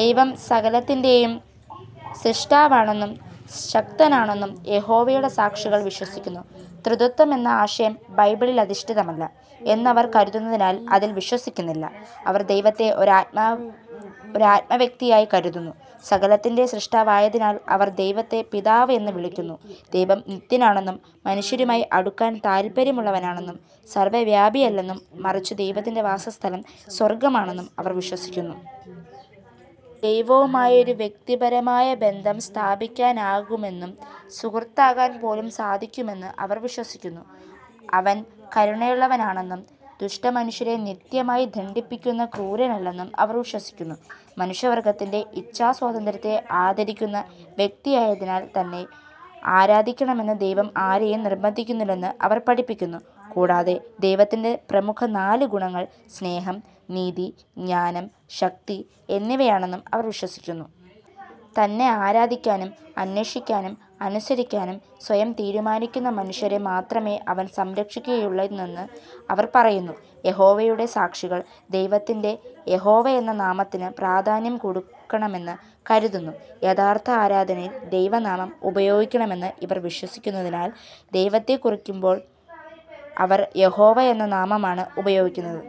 ദൈവം സകലത്തിന്റെയും സ്രഷ്ടാവാണെന്നും സർവ്വശക്തനാണെന്നും യഹോവയുടെ സാക്ഷികൾ വിശ്വസിക്കുന്നു. ത്രിത്വം എന്ന ആശയം ബൈബിളധിഷ്ഠിതമല്ല എന്ന് അവർ കരുതുന്നതിനാൽ അതിൽ വിശ്വസിക്കുന്നില്ല. അവർ ദൈവത്തെ ഒരാത്മവ്യക്തിയായി കരുതുന്നു, സകലത്തിന്റെ സ്രഷ്ടാവായതിനാൽ അവർ ദൈവത്തെ പിതാവ് എന്ന് വിളിക്കുന്നു. ദൈവം നിത്യനാണെന്നും, മനുഷ്യരുമായി അടുക്കാൻ താല്പര്യമുള്ളവനാണെന്നും, സർവ്വവ്യാപിയല്ലെന്നും മറിച്ച് ദൈവത്തിന്റെ വാസസ്ഥലം സ്വർഗ്ഗമാണെന്നും അവർ വിശ്വസിക്കുന്നു. ദൈവവുമായി ഒരു വ്യക്തിപരമായ ബന്ധം സ്ഥാപിക്കാനാകുമെന്നും, ഒരു സുഹൃത്താകാൻ പോലും സാധിക്കുമെന്ന് അവർ വിശ്വസിക്കുന്നു. അവൻ കരുണയുള്ളവനാണെന്നും, ദുഷ്ടമനുഷ്യരെ നിത്യമായി ദണ്ഡിപ്പിക്കുന്ന ക്രൂരനല്ലെന്നും അവർ വിശ്വസിക്കുന്നു. മനുഷ്യവർഗ്ഗത്തിന്റെ ഇച്ഛാസ്വാതന്ത്ര്യത്തെ ആദരിക്കുന്ന വ്യക്തിയായതിനാൽ, തന്നെ ആരാധിക്കണമെന്ന് ദൈവം ആരെയും നിർബന്ധിക്കുന്നില്ലെന്ന് അവർ പഠിപ്പിക്കുന്നു. കൂടാതെ ദൈവത്തിന്റെ പ്രമുഖ നാല് ഗുണങ്ങൾ സ്നേഹം, നീതി, ജ്ഞാനം, ശക്തി എന്നിവയാണെന്നും അവർ വിശ്വസിക്കുന്നു. തന്നെ ആരാധിക്കാനും, അന്വേഷിക്കാനും, അനുസരിക്കാനും സ്വയം തീരുമാനിക്കുന്ന മനുഷ്യരെ മാത്രമേ അവൻ സംരക്ഷിക്കുകയുള്ളുവെന്ന് അവർ പറയുന്നു. യഹോവയുടെ സാക്ഷികൾ ദൈവത്തിന്റെ യഹോവ എന്ന നാമത്തിനു പ്രാധാന്യം കൊടുക്കണമെന്ന് കരുതുന്നു. യഥാർഥ ആരാധനയിൽ ദൈവനാമം ഉപയോഗിക്കണമെന്ന് ഇവർ വിശ്വസിക്കുന്നതിനാൽ, ദൈവത്തെകുറിക്കുമ്പോൾ അവർ യഹോവ എന്ന നാമമാണ് ഉപയോഗിക്കുന്നത്.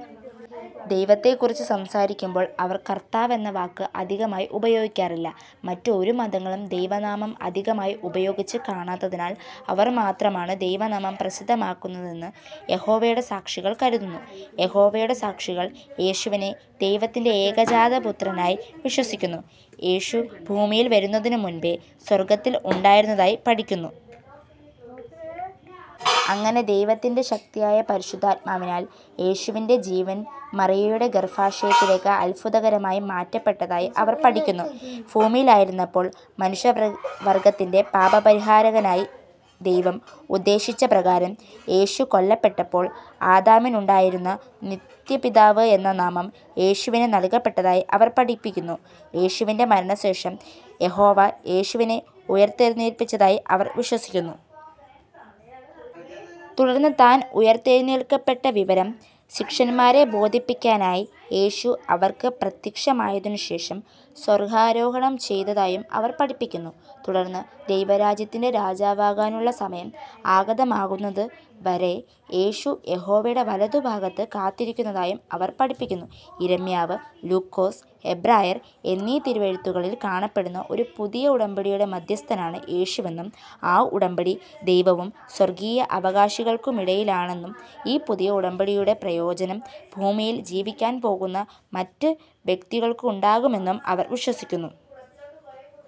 ദൈവത്തെക്കുറിച്ച് സംസാരിക്കുമ്പോൾ അവർ "കർത്താവ്" എന്ന വാക്ക് അധികമായി ഉപയോഗിക്കാറില്ല. മറ്റ് ഒരു മതങ്ങളും ദൈവനാമം അധികമായി ഉപയോഗിച്ചു കാണാത്തതിനാൽ അവർ മാത്രമാണ് ദൈവനാമം പ്രസിദ്ധമാക്കുന്നതെന്ന് യഹോവയുടെ സാക്ഷികൾ കരുതുന്നു. യഹോവയുടെ സാക്ഷികൾ യേശുവിനെ ദൈവത്തിന്റെ ഏകജാതപുത്രനായി വിശ്വസിക്കുന്നു, യേശു ഭൂമിയിൽ വരുന്നതിനു മുൻപേ സ്വർഗത്തിൽ ഉണ്ടായിരുന്നതായി പഠിപ്പിക്കുന്നു. അങ്ങനെ ദൈവത്തിന്റെ ശക്തിയായ പരിശുദ്ധാത്മാവിനാൽ യേശുവിന്റെ ജീവൻ മറിയയുടെ ഗർഭാശയത്തിലേക്ക് അത്ഭുതകരമായി മാറ്റപ്പെട്ടതായി അവർ പഠിപ്പിക്കുന്നു. ഭൂമിയിലായിരുന്നപ്പോൾ മനുഷ്യവർഗ്ഗത്തിന്റെ പാപപരിഹാരകനായി ദൈവം ഉദ്ദേശിച്ച പ്രകാരം യേശു കൊല്ലപ്പെട്ടപ്പോൾ, അദാമിനു ഉണ്ടായിരുന്ന "നിത്യപിതാവ്" എന്ന നാമം യേശുവിനു നൽകപ്പെട്ടതായി അവർ പഠിപ്പിക്കുന്നു. യേശുവിന്റെ മരണശേഷം യഹോവ യേശുവിനെ ഉയർത്തെഴുന്നേൽപ്പിച്ചതായി അവർ വിശ്വസിക്കുന്നു. തുടർന്ന് താൻ ഉയർത്തേഴുന്നേൽക്കപ്പെട്ട വിവരം ശിഷ്യന്മാരെ ബോധിപ്പിക്കാനായി യേശു അവർക്ക് പ്രത്യക്ഷമായതിനു ശേഷം, സ്വർഗ്ഗാരോഹണം ചെയ്തതായും അവർ പഠിപ്പിക്കുന്നു. തുടർന്ന് ദൈവരാജ്യത്തിന്റെ രാജാവാകാനുള്ള സമയം ആഗതമാകുന്നതു വരെ യേശു യഹോവയുടെ വലത്തുഭാഗത്ത് കാത്തിരുന്നതായും അവർ പഠിപ്പിക്കുന്നു. യിരെമ്യാവ്, ലുക്കൊസ്, എബ്രായർ; എന്നീ തിരുവെഴുത്തുകളിൽ കാണപ്പെടുന്ന ഒരു "പുതിയ ഉടമ്പടിയുടെ" മദ്ധ്യസ്ഥനാണ് യേശുവെന്നും, ആ ഉടമ്പടി ദൈവവും സ്വർഗ്ഗിയ അവകാശികൾക്കുമിടയിലാണെന്നും, ഈ പുതിയ ഉടമ്പടിയുടെ പ്രയോജനം ഭൂമിയിൽ ജീവിക്കാൻ പോകുന്ന മറ്റ് വ്യക്തികൾക്കുമുണ്ടാകുമെന്നും അവർ വിശ്വസിക്കുന്നു.